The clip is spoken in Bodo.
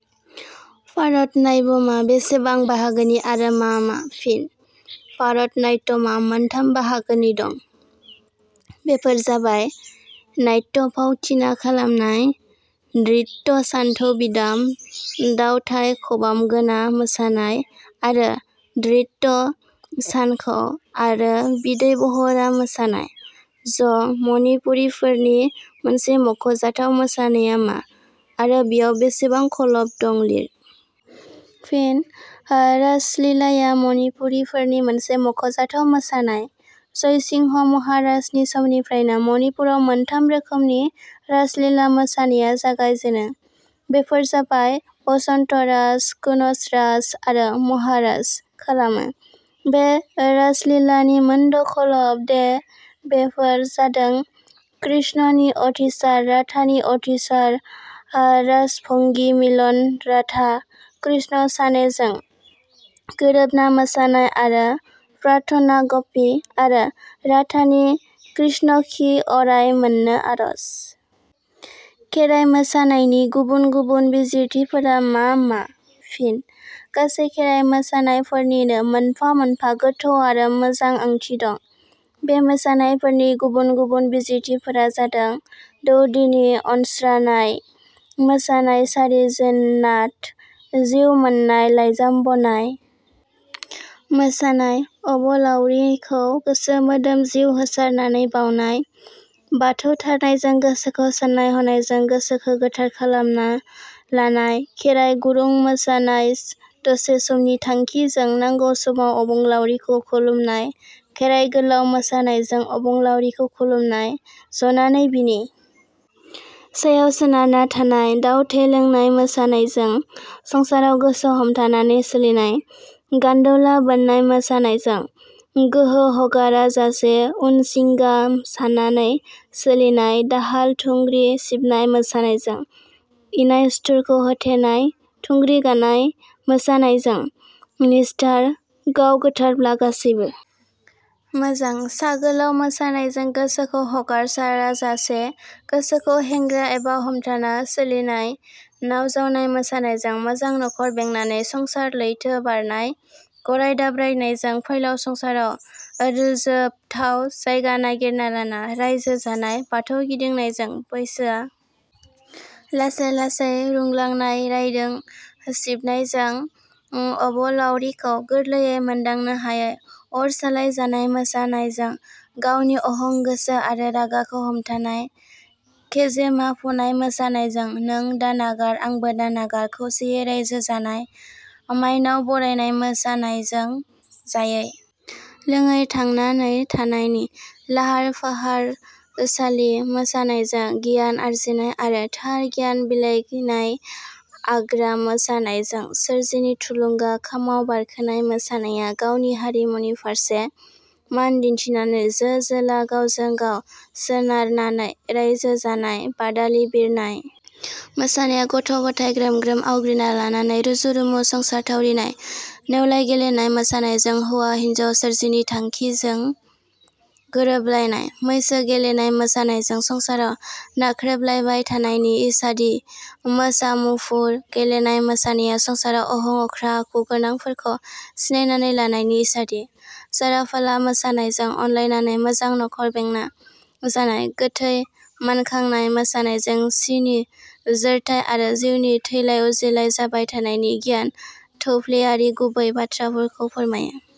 भारत नाब्यमा बेसेबां बाहागोनि आरो मा मा? फिन भारत नात्यमा मोनथाम बाहागो दं। बेफोर जाबाय- नात्य- फावथिना खालामनाय। नृत्य सानथौ बिदाम दावथाइ खबामगोना मोसानाय आरो नृत्य सानखौ आरो बिदै बहरा मोसानाय। ज मनिपुरीफोरनि मोनसे मखजाथाव मोसानाया मा आरो बेयाव बेसेबां खलब दं लिर। फिनः रासलिलाया मनिपुरीफोरनि मोनसे मख'जाथाव मोसानाय जयसिंह महाराजनि समनिफ्रायनो मनिपुराव मोनथाम रोखोमनि रासलिला मोसानाया जागायजेनो बेफोर जाबाय बसन्त रास कुनज रास आरो महारास खालामो। बे रासलिलानि मोनद' खलब दे वेफोर जादों कृष्णनि अधिसार राधानि अधिसार रास भंगी मिलन राधा कृष्ण सानेजों गोरोबना मोसानाय आरो प्रार्थना गप्पी आरो राधानि कृष्णखी अराय मोननो आरज। खेराय मोसानायनि गुबुन गुबुन बिजिरथिफोरा मा मा? फिन: गासै खेराइ मोसानायफोरनिनो मोनफा मोनफा गोथौ आरो मोजां ओंथि दं बे मोसानायफोरनि गुबुन गुबुन बिजिरथिफोरा जादों- दौदिनि अनस्रानाय मोसानाय सारि जेननाथ, जिउ मोननाय लाइजाम बनाय मोसानाय अबलाउरिखौ गोसो मोदोम जिउ होसारनानै बाउनाय, बाथौ थारनायजों गोसोखौ साननाय हनायजों गोसोखो गोथार खालामना लानाय खेराइ गुरुं मोसानायज दसे समनि थांखिजों नांगौ समाव अबंलावरिखौ खुलुमनाय खेराइ गोलाउ मोसानायजों अबलावरिखौ खुलुमनाय, जनानै बिनि सायाव सोनारना थानाय दाउ थे लोंनाय मोसानायजों संसाराव गोसो हमथानानै सोलिनाय, गान्दौला बोननाय मोसानायजों गोहो हगाराजासे उन-सिंगा साननानै सोलिनाय दाहाल- थुंग्रि सिबनाय मोसानायजों इनाय सुथुरखौ होथेनाय थुंग्रि गानाय मोसानायजों निस्थार, गाव गोथारब्ला गासैबो मोजां सा गोलाउ मोसानायजों गोसोखौ हगारसाराजासे गोसोखौ हेंग्रा एबा हमथाना सोलिनाय नाव जावनाय मोसानायजों मोजां नखर बेंनानै संसार लैथो बारनाय गराइ दाब्रायनायजों फैलाव संसाराव रोजोबथाव जायगा नागिरना लाना रायजो जानाय बाथौ गिदिंनायजों बैसोआ लासै लासै रुंलांनाय रायदों सिबनायजों उम अबलावारिखौ गोरलैयै मोनदांनो हायै अर सालाइ जानाय मोसानायजों गावनि अहं गोसो आरो रागाखौ हमथानाय खेजोमा फनाय मोसानायजों नों दानागार आंबो दानागार खौसेयै रायजो जानाय मायनाव बरायनाय मोसानायजों जायै लोङै थांनानै थानायनि लाहार फाहार सालि मोसानायजों गियान आरजिनाय आरो थार गियान बिलायनाय आग्रा मोसानायजों सोरजिनि थुलुंगा खामाव बारखोनाय मोसानाया गावनि हारिमुनि फारसे मान दिन्थिनानै जो-जोला गावजों गाव सोनारनानै रायजो जानाय बादालि बिरनाय मोसानाया गथ- गथाइ ग्रोम ग्रोम आवग्रिना लानानै रुजु रुमु संसार थावरिनाय नेवलाइ गेलेनाय मोसानायजों हौवा हिनजाव सोरजिनि थाखिजों गोरोबलायनाय मैसो गेलेनाय मोसानायजों संसाराव नाख्रेबलायबाय थानायनि इसादि मोसा मुफुर गेलेनाय मोसानाया संसाराव अहं, अख्रा आखु गोनांफोरखौ सिनायनानै लानायनि इसादि जाराफाला मोसानायजों अनलायनानै मोजां नखर बेंना जानाय गोथै मानखांनाय मोसानायजों सि नि जोरथाइ आरो जिउनि थैलाय उजिलाय जाबाय थानायनि गियान थौफ्लेयारि गुबै बाथ्राफोरखौ फोरमायो।